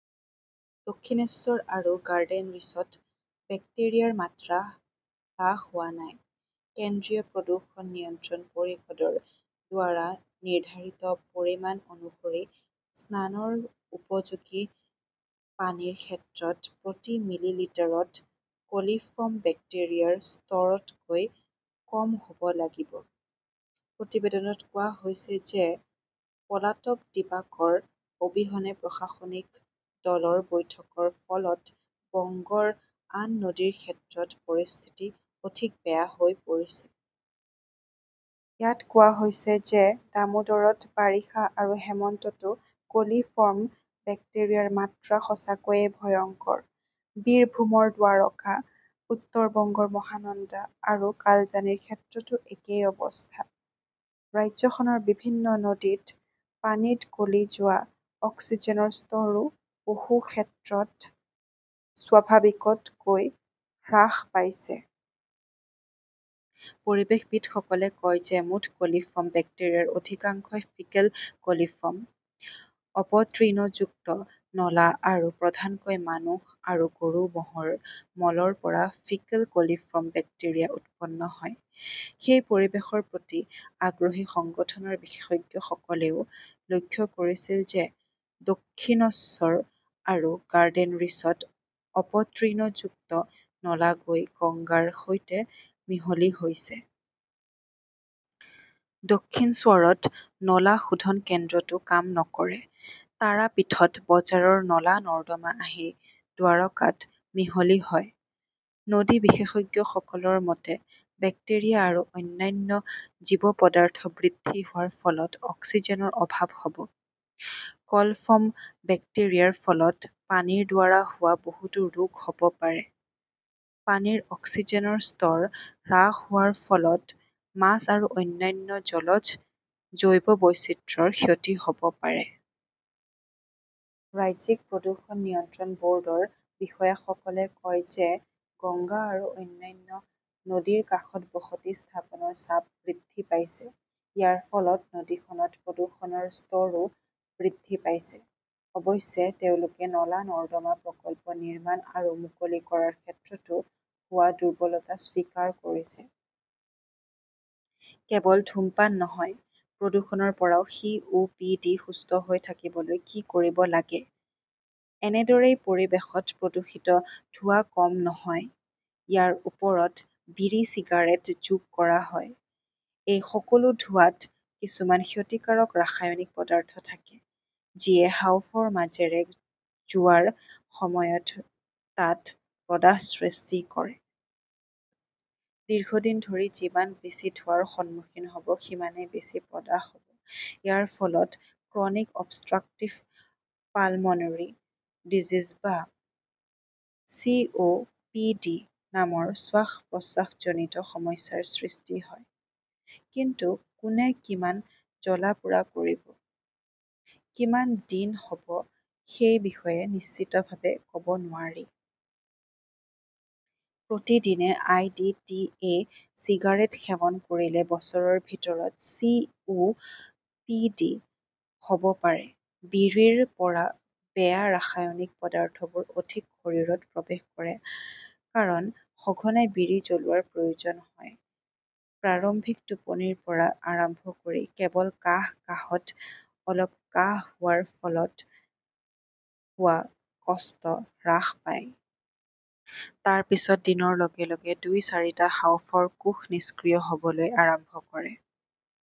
দক্ষিণেশ্বৰ আৰু গাৰ্ডেনৰিছত বেক্টেৰিয়াৰ মাত্ৰা হ্ৰাস হোৱা নাই। কেন্দ্ৰীয় প্ৰদূষণ নিয়ন্ত্ৰণ পৰিষদৰ দ্বাৰা নিৰ্ধাৰিত পৰিমাণ অনুসৰি স্নানৰ উপযোগী পানীৰ ক্ষেত্ৰত প্ৰতি মিলিলিটাৰত কলিফৰ্ম বেক্টেৰিয়াৰ স্তৰ তকৈ কম হ 'ব লাগিব। প্ৰতিবেদনত কোৱা হৈছে যে পলাতক দিবাকৰ অবিহনে প্ৰশাসনিক-দলৰ বৈঠকৰ ফলত বংগৰ আন নদীৰ ক্ষেত্ৰত পৰিস্থিতি অধিক বেয়া হৈ পৰিছে। ইয়াত কোৱা হৈছে যে দামোদৰত বাৰিষা আৰু হেমন্ততো কলিফৰ্ম বেক্টেৰিয়াৰ মাত্ৰা সঁচাকৈয়ে ভয়ংকৰ। বীৰভূমৰ দ্বাৰকা, উত্তৰ বংগৰ মহানন্দা আৰু কালজানিৰ ক্ষেত্ৰতো একেই অৱস্থা। ৰাজ্যখনৰ বিভিন্ন নদীত পানীত গলি যোৱা অক্সিজেনৰ স্তৰো বহু ক্ষেত্ৰত স্বাভাৱিকতকৈ হ্ৰাস পাইছে। পৰিৱেশবিদসকলে কয় যে মুঠ কলিফৰ্ম বেক্টেৰিয়াৰ অধিকাংশই ফিকেল কলিফৰ্ম। অপতৃণযুক্ত নলা আৰু প্ৰধানকৈ মানুহ আৰু গৰু-মহৰ মলৰ পৰা ফিকেল কলিফৰ্ম বেক্টেৰিয়া উৎপন্ন হয়। সেই পৰিৱেশৰ প্ৰতি আগ্ৰহী সংগঠনৰ বিশেষজ্ঞসকলেও লক্ষ্য কৰিছিল যে দক্ষিণশ্বৰ আৰু গাৰ্ডেনৰিছত অপতৃণযুক্ত নলা গৈ গংগাৰ সৈতে মিহলি হৈছে। দক্ষিণশ্বৰত নলা শোধন কেন্দ্ৰটো কাম নকৰে। তাৰাপীঠত বজাৰৰ নলা-নৰ্দমা আহি দ্বাৰকাত মিহলি হয়। নদী-বিশেষজ্ঞসকলৰ মতে, বেক্টেৰিয়া আৰু অন্যান্য জৈৱ পদাৰ্থ বৃদ্ধি হোৱাৰ ফলত অক্সিজেনৰ অভাৱ হব। কলফৰ্ম বেক্টেৰিয়াৰ ফলত পানীৰ দ্বাৰা হোৱা বহুতো ৰোগ হব পাৰে, পানীৰ অক্সিজেনৰ স্তৰ হ্ৰাস হোৱাৰ ফলত মাছ আৰু অন্যান্য জলজ জৈৱ বৈচিত্ৰ্যৰ ক্ষতি হব পাৰে। ৰাজ্যিক প্ৰদূষণ নিয়ন্ত্ৰণ বৰ্ডৰ বিষয়াসকলে কয় যে গংগা আৰু অন্যান্য নদীৰ কাষত বসতি স্থাপনৰ চাপ বৃদ্ধি পাইছে। ইয়াৰ ফলত নদীখনত প্ৰদূষণৰ স্তৰও বৃদ্ধি পাইছে। অৱশ্যে, তেওঁলোকে নলা-নৰ্দমা প্ৰকল্প নিৰ্মাণ আৰু মুকলি কৰাৰ ক্ষেত্ৰতো হোৱা দুৰ্বলতা স্বীকাৰ কৰিছে। কেৱল ধূমপান নহয়, প্ৰদূষণৰ পৰাও সি. ও. পি. ডি., সুস্থ হৈ থাকিবলৈ কি কৰিব লাগে? এনেদৰেই পৰিৱেশত প্ৰদূষিত ধোঁৱা কম নহয়, ইয়াৰ ওপৰত বিড়ি-চিগাৰেট যোগ কৰা হয়। এই সকলো ধোঁৱাত কিছুমান ক্ষতিকাৰক ৰাসায়নিক পদাৰ্থ থাকে যিয়ে হাঁওফাঁওৰ মাজেৰে যোৱাৰ সময়ত তাত প্ৰদাহ সৃষ্টি কৰে। দীৰ্ঘদিন ধৰি, যিমান বেছি ধোঁৱাৰ সন্মুখীন হব, সিমানেই বেছি প্ৰদাহ হব। ইয়াৰ ফলত 'ক্ৰনিক অবষ্ট্ৰাকটিভ পালমোনৰী ডিজিজ বা চি. ও. পি. ডি. নামৰ শ্বাস-প্ৰশ্বাসজনিত সমস্যাৰ সৃষ্টি হয়। কিন্তু কোনে কিমান জ্বলা-পোৰা কৰিব, কিমান দিন হব সেই বিষয়ে নিশ্চিতভাৱে কব নোৱাৰি। প্ৰতিদিনে I. D. T. A. Cigarette সেৱন কৰিলে বছৰৰ ভিতৰত চি. ও. পি. ডি. হ 'ব পাৰে। বিড়িৰ পৰা বেয়া ৰাসায়নিক পদাৰ্থবোৰ অধিক শৰীৰত প্ৰৱেশ কৰে কাৰণ সঘনাই বিড়ি জ্বলোৱাৰ প্ৰয়োজন হয়। প্ৰাৰম্ভিক টোপনিৰ পৰা আৰম্ভ কৰি কেৱল কাহ, কাহত অলপ কাহ হোৱাৰ ফলত হোৱা কষ্ট হ্ৰাস পায়। তাৰ পিছত দিনৰ লগে লগে দুই-চাৰিটা হাঁওফাঁওৰ কোষ নিষ্ক্ৰিয় হবলৈ আৰম্ভ কৰে।